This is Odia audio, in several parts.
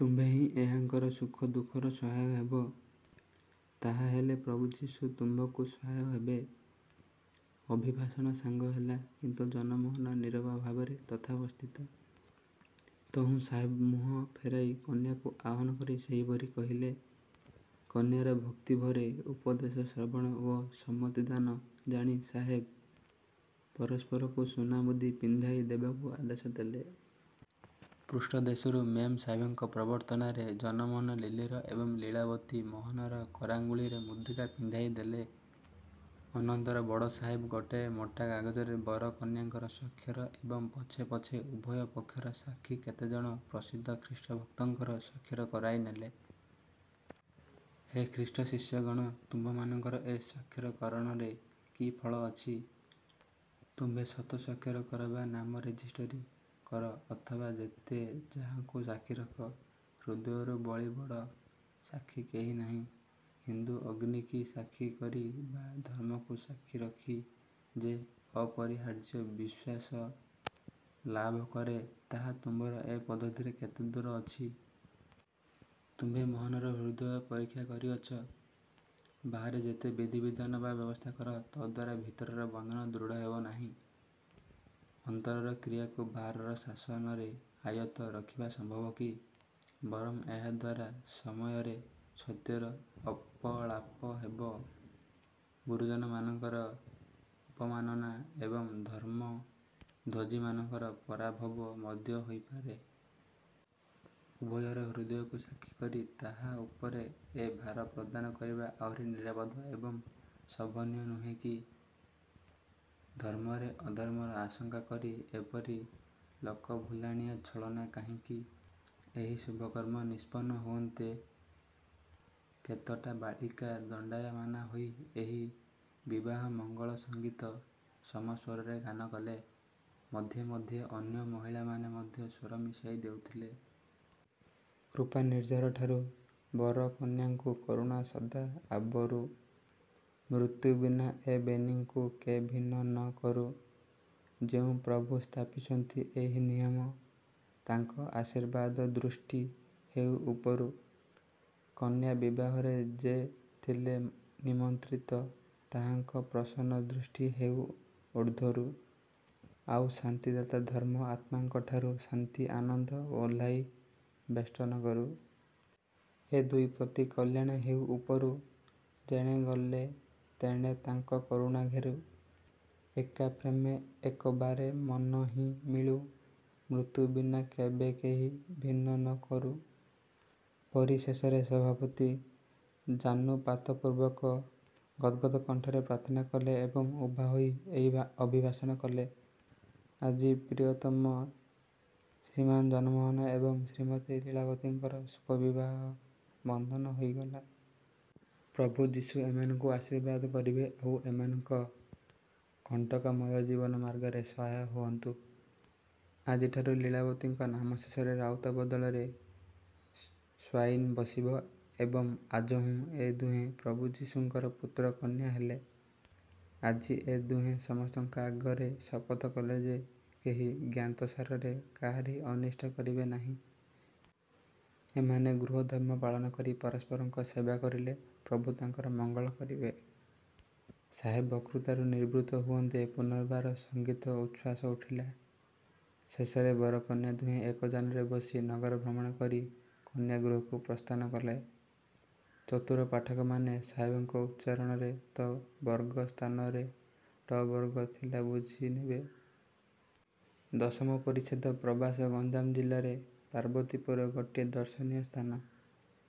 ତୁମ୍ଭେ ହିଁ ଏହାଙ୍କର ସୁଖ ଦୁଃଖରେ ସହାୟ ହେବ। ତାହାହେଲେ ପ୍ରଭୁ ଯୀଶୁ ତୁମ୍ଭଙ୍କୁ ସହାୟ ହେବେ। ଅଭିଭାଷଣ ସାଙ୍ଗ ହେଲା, କିନ୍ତୁ ଜନମୋହନ ନୀରବଭାବରେ ତଥାବସ୍ଥିତ। ତହୁଁ ସାହେବ ମୁହଁ ଫେରାଇ କନ୍ୟାକୁ ଆହ୍ୱାନ କରି ସେହିପରି କହିଲେ। କନ୍ୟାର ଭକ୍ତିଭରେ ଉପଦେଶ ଶ୍ରବଣ ଓ ସମ୍ମତିଦାନ ଜାଣି ସାହେବ ପରସ୍ପରକୁ ସୁନାମୁଦି ପିନ୍ଧାଇ ଦେବାକୁ ଆଦେଶ ଦେଲେ। ପୃଷ୍ଠଦେଶରୁ ମେମ ସାହେବଙ୍କ ପ୍ରବର୍ତ୍ତନାରେ ଜନମୋହନ ଲିଲିର ଏବଂ ଲୀଳାବତୀ ମୋହନର କରାଙ୍ଗୁଳିରେ ମୁଦ୍ରିକା ପିନ୍ଧାଇଦେଲେ। ଅନନ୍ତର ବଡ଼ ସାହେବ ଗୋଟାଏ ମୋଟା କାଗଜରେ ବର କନ୍ୟାଙ୍କର ସ୍ୱାକ୍ଷର ଏବଂ ପଛେ ପଛେ ଉଭୟ ପକ୍ଷର ସାକ୍ଷୀ କେତେଜଣ ପ୍ରସିଦ୍ଧ ଖ୍ରୀଷ୍ଟଭକ୍ତଙ୍କର ସ୍ୱାକ୍ଷର କରାଇ ନେଲେ। ହେ ଖ୍ରୀଷ୍ଟଶିଷ୍ୟଗଣ! ତୁମ୍ଭମାନଙ୍କର ଏ ସ୍ୱାକ୍ଷରକରଣରେ କି ଫଳ ଅଛି? ତୁମ୍ଭେ ଶତ ସ୍ୱାକ୍ଷର କର ବା ନାମ ରେଜିଷ୍ଟରୀ କର ଅଥବା ଯେତେ ଯାହାଙ୍କୁ ସାକ୍ଷୀ ରଖ, ହୃଦୟରୁ ବଳି ବଡ଼ ସାକ୍ଷୀ କେହି ନାହିଁ ହିନ୍ଦୁ ଅଗ୍ନି କି ସାକ୍ଷୀ କରି ବା ଧର୍ମକୁ ସାକ୍ଷୀ ରଖି ଯେ ଅପରିହାର୍ଯ୍ୟ ବିଶ୍ୱାସ ଲାଭ କରେ, ତାହା ତୁମ୍ଭର ଏ ପଦ୍ଧତିରେ କେତେଦୂର ଅଛି।? ତୁମ୍ଭେ ମୋହନର ହୃଦୟ ପରୀକ୍ଷା କରିଅଛ? ବାହାରେ ଯେତେ ବିଧିବିଧାନ ବା ବ୍ୟବସ୍ଥା କର, ତଦ୍ଦ୍ୱାରା ଭିତରର ବନ୍ଧନ ଦୃଢ଼ ହେବ ନାହିଁ। ଅନ୍ତରର କ୍ରିୟାକୁ ବାହାରର ଶାସନରେ ଆୟତ୍ତ ରଖିବା ସମ୍ଭବ କି? ବରଂ ଏହାଦ୍ୱାରା ସମୟରେ ସତ୍ୟର ଅପଳାପ ହେବ। ଗୁରୁଜନମାନଙ୍କର ଅବମାନନା ଏବଂ ଧର୍ମଧ୍ୱଜିମାନଙ୍କର ପରାଭବ ମଧ୍ୟ ହୋଇ ପାରେ। ଉଭୟର ହୃଦୟକୁ ସାକ୍ଷୀ କରି ତାହା ଉପରେ ଏ ଭାର ପ୍ରଦାନ କରିବା ଆହୁରି ନିରାପଦ ଏବଂ ଶୋଭନୀୟ ନୁହେଁ କି? ଧର୍ମରେ ଅଧର୍ମର ଆଶଙ୍କା କରି ଏପରି ଲୋକଭୁଲାଣିଆ ଛଳନା କାହିଁକି? ଏହି ଶୁଭକର୍ମ ନିଷ୍ପନ୍ନ ହୁଅନ୍ତେ କେତୋଟି ବାଳିକା ଦଣ୍ଡାୟମାନା ହୋଇ ଏହି ବିବାହମଙ୍ଗଳସଙ୍ଗୀତ ସମସ୍ୱରରେ ଗାନ କଲେ, ମଧ୍ୟେ ମଧ୍ୟେ ଅନ୍ୟ ମହିଳାମାନେ ମଧ୍ୟ ସ୍ୱର ମିଶାଇ ଦେଉଥିଲେ। କୃପାନିର୍ଝରଠାରୁ। ବର କନ୍ୟାଙ୍କୁ କରୁଣା ସଦା ଆବରୁ। ମୃତ୍ୟୁ ବିନା ଏ ବେନିଙ୍କୁ କେ ଭିନ୍ନ ନ କରୁ। ଯେଉଁ ପ୍ରଭୁ ସ୍ଥାପିଛନ୍ତି ଏହି ନିୟମ, ତାଙ୍କ ଆଶୀର୍ବାଦଦୃଷ୍ଟି ହେଉ ଉପରୁ। କନ୍ୟା ବିବାହରେ ଯେ ଥିଲେ ନିମନ୍ତ୍ରିତ, ତାହାଙ୍କ ପ୍ରସନ୍ନଦୃଷ୍ଟି ହେଉ ଊର୍ଦ୍ଧ୍ୱରୁ। ଆଉ ଶାନ୍ତି ଦାତା ଧର୍ମ-ଆତ୍ମାଙ୍କଠାରୁ ଶାନ୍ତି ଆନନ୍ଦ ଓହ୍ଲାଇ ବେଷ୍ଟନ କରୁ। ଏ ଦୁଇ ପ୍ରତି କଲ୍ୟାଣ ହେଉ ଉପରୁ, ଯେଣେ ଗଲେ ତେଣେ ତାଙ୍କ କରୁଣା ଘେରୁ। ଏକାପ୍ରେମେ ଏକବାରେ ମନହିଁ ମିଳୁ, ମୃତ୍ୟୁ ବିନା କେବେ କେହି ଭିନ୍ନ ନକରୁ। ପରିଶେଷରେ ସଭାପତି ଜାନୁପାତପୂର୍ବକ ଗଦ୍ଗଦକଣ୍ଠରେ ପ୍ରାର୍ଥନା କଲେ ଏବଂ ଉଭା ହୋଇ ଏହି ଅଭିଭାଷଣ କଲେ- ''ଆଜି ପ୍ରିୟତମ ଶ୍ରୀମାନ୍ଜନମୋହନ ଏବଂ ଶ୍ରୀମତୀ ଲୀଳାବତୀଙ୍କର ଶୁଭବିବାହବନ୍ଧନ ହୋଇଗଲା। ପ୍ରଭୁ ଯୀଶୁ ଏମାନଙ୍କୁ ଆଶୀର୍ବାଦ କରିବେ ଆଉ ଏମାନଙ୍କ କଣ୍ଟକମୟ ଜୀବନମାର୍ଗରେ ସହାୟ ହୁଅନ୍ତୁ। ଆଜିଠାରୁ ଲୀଳାବତୀଙ୍କ ନାମ ଶେଷରେ ରାଉତ ବଦଳରେ ସ୍ୱାଇନ୍ ବସିବ ଏବଂ ଆଜହୁଁ ଏ ଦୁହେଁ ପ୍ରଭୁ ଯୀଶୁଙ୍କର ପୁତ୍ର କନ୍ୟା ହେଲେ। ଆଜି ଏ ଦୁହେଁ ସମସ୍ତଙ୍କ ଆଗରେ ଶପଥ କଲେ ଯେ, କେହି ଜ୍ଞାତସାରରେ କାହାରି ଅନିଷ୍ଟ କରିବେ ନାହିଁ। ଏମାନେ ଗୃହଧର୍ମ ପାଳନ କରି ପରସ୍ପରଙ୍କ ସେବା କରିଲେ ପ୍ରଭୁ ତାଙ୍କର ମଙ୍ଗଳ କରିବେ। '' ସାହେବ ବକ୍ତୃତାରୁ ନିବୃତ୍ତ ହୁଅନ୍ତେ ପୁନର୍ବାର ସଙ୍ଗୀତ-ଉଚ୍ଛ୍ୱାସ ଉଠିଲା। ଶେଷରେ ବର-କନ୍ୟା ଦୁହେଁ ଏକ ଯାନରେ ବସି ନଗର ଭ୍ରମଣ କରି କନ୍ୟା ଗୃହକୁ ପ୍ରସ୍ଥାନ କଲେ। ଚତୁର ପାଠକମାନେ- ସାହେବଙ୍କ ଉଚ୍ଚାରଣରେ ତ ବର୍ଗ ସ୍ଥାନରେ ଟ ବର୍ଗ ଥିଲା ବୁଝିନେବେ। ଦଶମ ପରିଚ୍ଛେଦ ପ୍ରବାସ ଗଞ୍ଜାମ ଜିଲ୍ଲାରେ ପାର୍ବତୀପୁର ଗୋଟିଏ ଦର୍ଶନୀୟ ସ୍ଥାନ।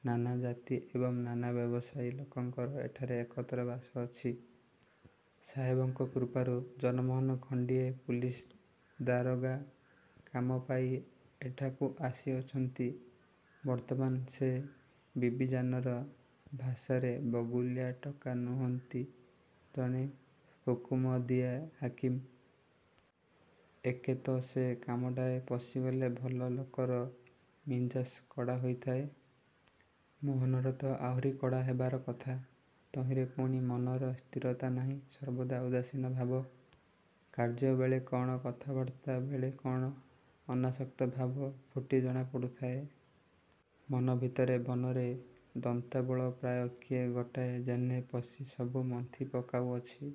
ନାନା ଜାତି ଏବଂ ନାନା ବ୍ୟବସାୟୀ ଲୋକଙ୍କର ଏଠାରେ ଏକତ୍ର ବାସ ଅଛି। ସାହେବଙ୍କ କୃପାରୁ ଜନମୋହନ ଖଣ୍ତିଏ ପୁଲିସ ଦାରୋଗା କାମ ପାଇ ଏଠାକୁ ଆସିଅଛନ୍ତି। ବର୍ତ୍ତମାନ ସେ ବିବିଜାନର ଭାଷାରେ ବଗୁଲିଆ ଟୋକା ନୁହନ୍ତି ଜଣେ ହୁକୁମଦିଆ ହାକିମ। ଏକେ ତ ସେ କାମଟାରେ ପଶିଗଲେ ଭଲ ଲୋକର ମିଞ୍ଜାସ କଡ଼ା ହୋଇଥାଏ। ମୋହନର ତ ଆହୁରି କଡ଼ା ହେବାର କଥା। ତହିଁରେ ପୁଣି ମନର ସ୍ଥିରତା ନାହିଁ ସର୍ବଦା ଉଦାସୀନ ଭାବ। କାର୍ଯ୍ୟବେଳେ କଣ, କଥାବାର୍ତ୍ତା ବେଳେ କଣ, ଅନାସକ୍ତ ଭାବ ଫୁଟି ଜଣା ପଡ଼ୁଥାଏ। ମନଭିତରେ ବନରେ ଦନ୍ତାବଳ ପ୍ରାୟ କିଏ ଗୋଟାଏ ଯେହ୍ନେ ପଶି ସବୁ ମନ୍ଥି ପକାଉଅଛି।